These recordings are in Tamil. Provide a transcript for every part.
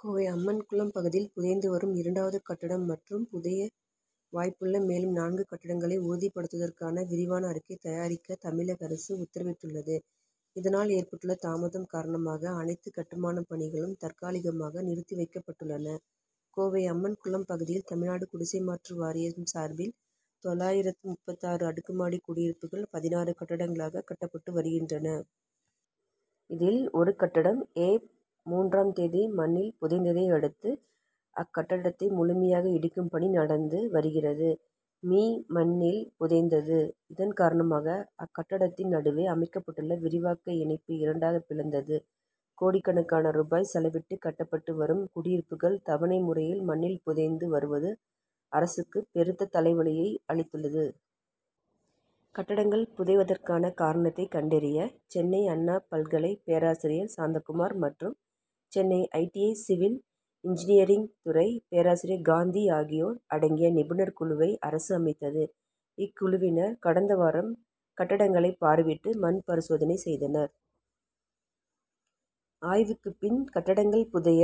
கோவை அம்மன்குளம் பகுதியில் புதைந்து வரும் இரண்டாவது கட்டடம் மற்றும் புதைய வாய்ப்புள்ள மேலும் நான்கு கட்டடங்களை உறுதிப்படுத்துவதற்கான விரிவான அறிக்கை தயாரிக்க தமிழக அரசு உத்தரவிட்டுள்ளது. இதனால் ஏற்பட்டுள்ள தாமதம் காரணமாக அனைத்து கட்டுமானப் பணிகளும் தற்காலிகமாக நிறுத்தி வைக்கப்பட்டுள்ளன. கோவை அம்மன் குளம் பகுதியில் தமிழ்நாடு குடிசை மாற்று வாரியம் சார்பில் தொள்ளாயிரத்து முப்பத்தாறு அடுக்குமாடி குடியிருப்புகள் பதினாறு கட்டடங்களாக கட்டப்பட்டு வருகின்றன. இதில் ஒரு கட்டடம் ஏப். மூன்றாம் தேதி மண்ணில் புதைந்ததை அடுத்து அக்கட்டடத்தை முழுமையாக இடிக்கும் பணி நடந்து வருகிறது. மீ. மண்ணில் புதைந்தது. இதன் காரணமாக அக்கட்டடத்தின் நடுவே அமைக்கப்பட்டுள்ள விரிவாக்க இணைப்பு இரண்டாக பிளந்தது. கோடிக்கணக்கான ரூபாய் செலவிட்டு கட்டப்பட்டு வரும் குடியிருப்புகள் தவணை முறையில் மண்ணில் புதைந்து வருவது அரசுக்கு பெருத்த தலைவலியை அளித்துள்ளது. கட்டடங்கள் புதைவதற்கான காரணத்தை கண்டறிய சென்னை அண்ணா பல்கலை பேராசிரியர் சாந்தகுமார் மற்றும் Chennai I. T. I. Civil engineering துறை பேராசிரியர் காந்தி ஆகியோர் அடங்கிய நிபுணர் குழுவை அரசு அமைத்தது. இக்குழுவினர் கடந்த வாரம் கட்டடங்களை பார்வையிட்டு மண் பரிசோதனை செய்தனர். ஆய்வுக்குப் பின் கட்டடங்கள் புதைய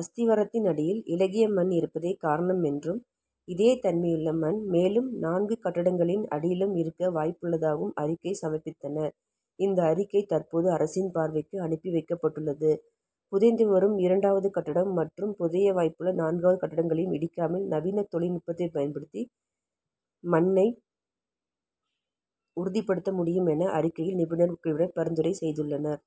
அஸ்திவாரத்தின் அடியில் இளகிய மண் இருப்பதே காரணம் என்றும் இதே தன்மையுள்ள மண் மேலும் நான்கு கட்டடங்களின் அடியிலும் இருக்க வாய்ப்புள்ளதாகவும் அறிக்கை சமர்ப்பித்தனர். இந்த அறிக்கை தற்போது அரசின் பார்வைக்கு அனுப்பி வைக்கப்பட்டுள்ளது. புதைந்து வரும் இரண்டாவது கட்டடம் மற்றும் புதைய வாய்ப்புள்ள நான்கு கட்டடங்களையும் இடிக்காமல் நவீன தொழில்நுட்பத்தை பயன்படுத்தி மண்ணை உறுதிப்படுத்த முடியும் என அறிக்கையில் நிபுணர் குழுவினர் பரிந்துரை செய்துள்ளனர்.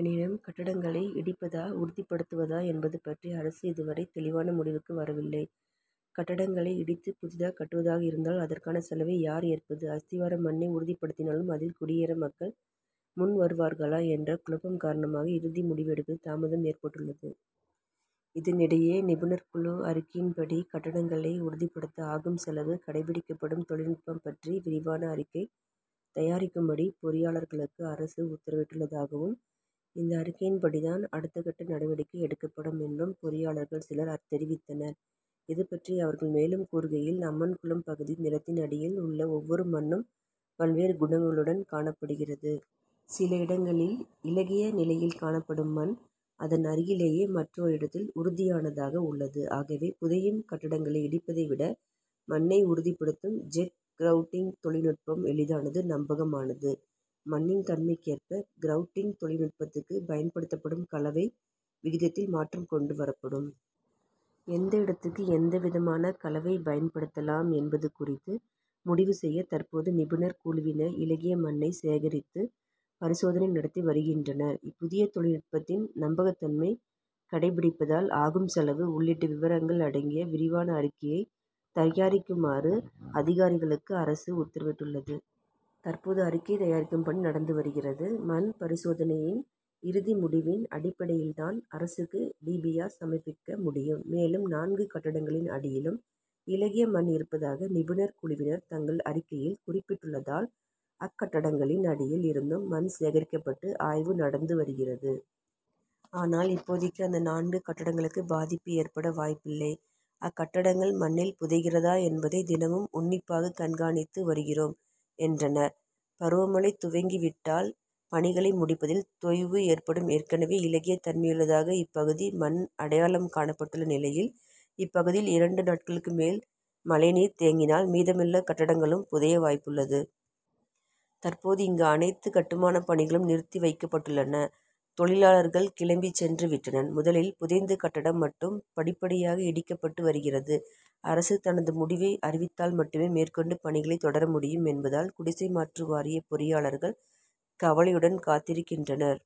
எனினும் கட்டடங்களை இடிப்பதா உறுதிப்படுத்துவதா என்பது பற்றி அரசு இதுவரை தெளிவான முடிவுக்கு வரவில்லை. கட்டடங்களை இடித்து புதிதாக கட்டுவதாக இருந்தால் அதற்கான செலவை யார் ஏற்பது அஸ்திவார மண்ணை உறுதிப்படுத்தினாலும் அதில் குடியேற மக்கள் முன்வருவார்களா? என்ற குழப்பம் காரணமாக இறுதி முடிவு எடுப்பதில் தாமதம் ஏற்பட்டுள்ளது. இதனிடையே நிபுணர் குழு அறிக்கையின்படி கட்டடங்களை உறுதிப்படுத்த ஆகும் செலவு கடைபிடிக்கப்படும் தொழில்நுட்பம் பற்றி விரிவான அறிக்கை தயாரிக்கும்படி பொறியாளர்களுக்கு அரசு உத்தரவிட்டுள்ளதாகவும் இந்த அறிக்கையின்படிதான் அடுத்தகட்ட நடவடிக்கை எடுக்கப்படும் என்றும் பொறியாளர்கள் சிலர் தெரிவித்தனர். இது பற்றி அவர்கள் மேலும் கூறுகையில் அம்மன் குளம் பகுதி நிலத்தின் அடியில் உள்ள ஒவ்வொரு மண்ணும் பல்வேறு குணங்களுடன் காணப்படுகிறது. சில இடங்களில் இளகிய நிலையில் காணப்படும் மண் அதன் அருகிலேயே மற்றொரு இடத்தில் உறுதியானதாக உள்ளது. ஆகவே புதையும் கட்டடங்களை இடிப்பதை விட மண்ணை உறுதிப்படுத்தும் ஜெட் கிரவுட்டிங் தொழில் நுட்பம் எளிதானது நம்பகமானது. மண்ணின் தன்மைக்கு ஏற்ப கிரவுட்டிங் தொழில் நுட்பத்துக்கு பயன்படுத்தப்படும் கலவை விகிதத்தில் மாற்றம் கொண்டு வரப்படும். எந்த இடத்துக்கு எந்த விதமான கலவை பயன்படுத்தலாம் என்பது குறித்து முடிவு செய்ய தற்போது நிபுணர் குழுவினர் இளகிய மண்ணை சேகரித்து பரிசோதனை நடத்தி வருகின்றனர். இப்புதிய தொழில் நுட்பத்தின் நம்பகத்தன்மை கடைபிடிப்பதால் ஆகும் செலவு உள்ளிட்ட விபரங்கள் அடங்கிய விரிவான அறிக்கையை தயாரிக்குமாறு அதிகாரிகளுக்கு அரசு உத்தரவிட்டுள்ளது. தற்போது அறிக்கை தயாரிக்கும் பணி நடந்து வருகிறது. மண் பரிசோதனையின் இறுதி முடிவின் அடிப்படையில்தான் அரசுக்கு டி. பி. ஆர். சமர்ப்பிக்க முடியும். மேலும் நான்கு கட்டடங்களின் அடியிலும் இளகிய மண் இருப்பதாக நிபுணர் குழுவினர் தங்கள் அறிக்கையில் குறிப்பிட்டுள்ளதால் அக்கட்டடங்களின் அடியில் இருந்தும் மண் சேகரிக்கப்பட்டு ஆய்வு நடந்து வருகிறது. ஆனால் இப்போதைக்கு அந்த நான்கு கட்டடங்களுக்கு பாதிப்பு ஏற்பட வாய்ப்பில்லை. அக்கட்டடங்கள் மண்ணில் புதைகிறதா என்பதை தினமும் உன்னிப்பாக கண்காணித்து வருகிறோம் என்றனர். பருவமழை துவங்கி விட்டால் பணிகளை முடிப்பதில் தொய்வு ஏற்படும் ஏற்கனவே இளகிய தன்மையுள்ளதாக இப்பகுதி மண் அடையாளம் காணப்பட்டுள்ள நிலையில் இப்பகுதியில் இரண்டு நாட்களுக்கு மேல் மழை நீர் தேங்கினால் மீதமுள்ள கட்டடங்களும் புதைய வாய்ப்புள்ளது. தற்போது இங்கு அனைத்து கட்டுமானப் பணிகளும் நிறுத்தி வைக்கப்பட்டுள்ளன. தொழிலாளர்கள் கிளம்பிச் சென்று விட்டனர். முதலில் புதைந்த கட்டடம் மட்டும் படிப்படியாக இடிக்கப்பட்டு வருகிறது. அரசு தனது முடிவை அறிவித்தால் மட்டுமே மேற்கொண்டு பணிகளை தொடர முடியும் என்பதால் குடிசை மாற்று வாரிய பொறியாளர்கள் கவலையுடன் காத்திருக்கின்றனர்.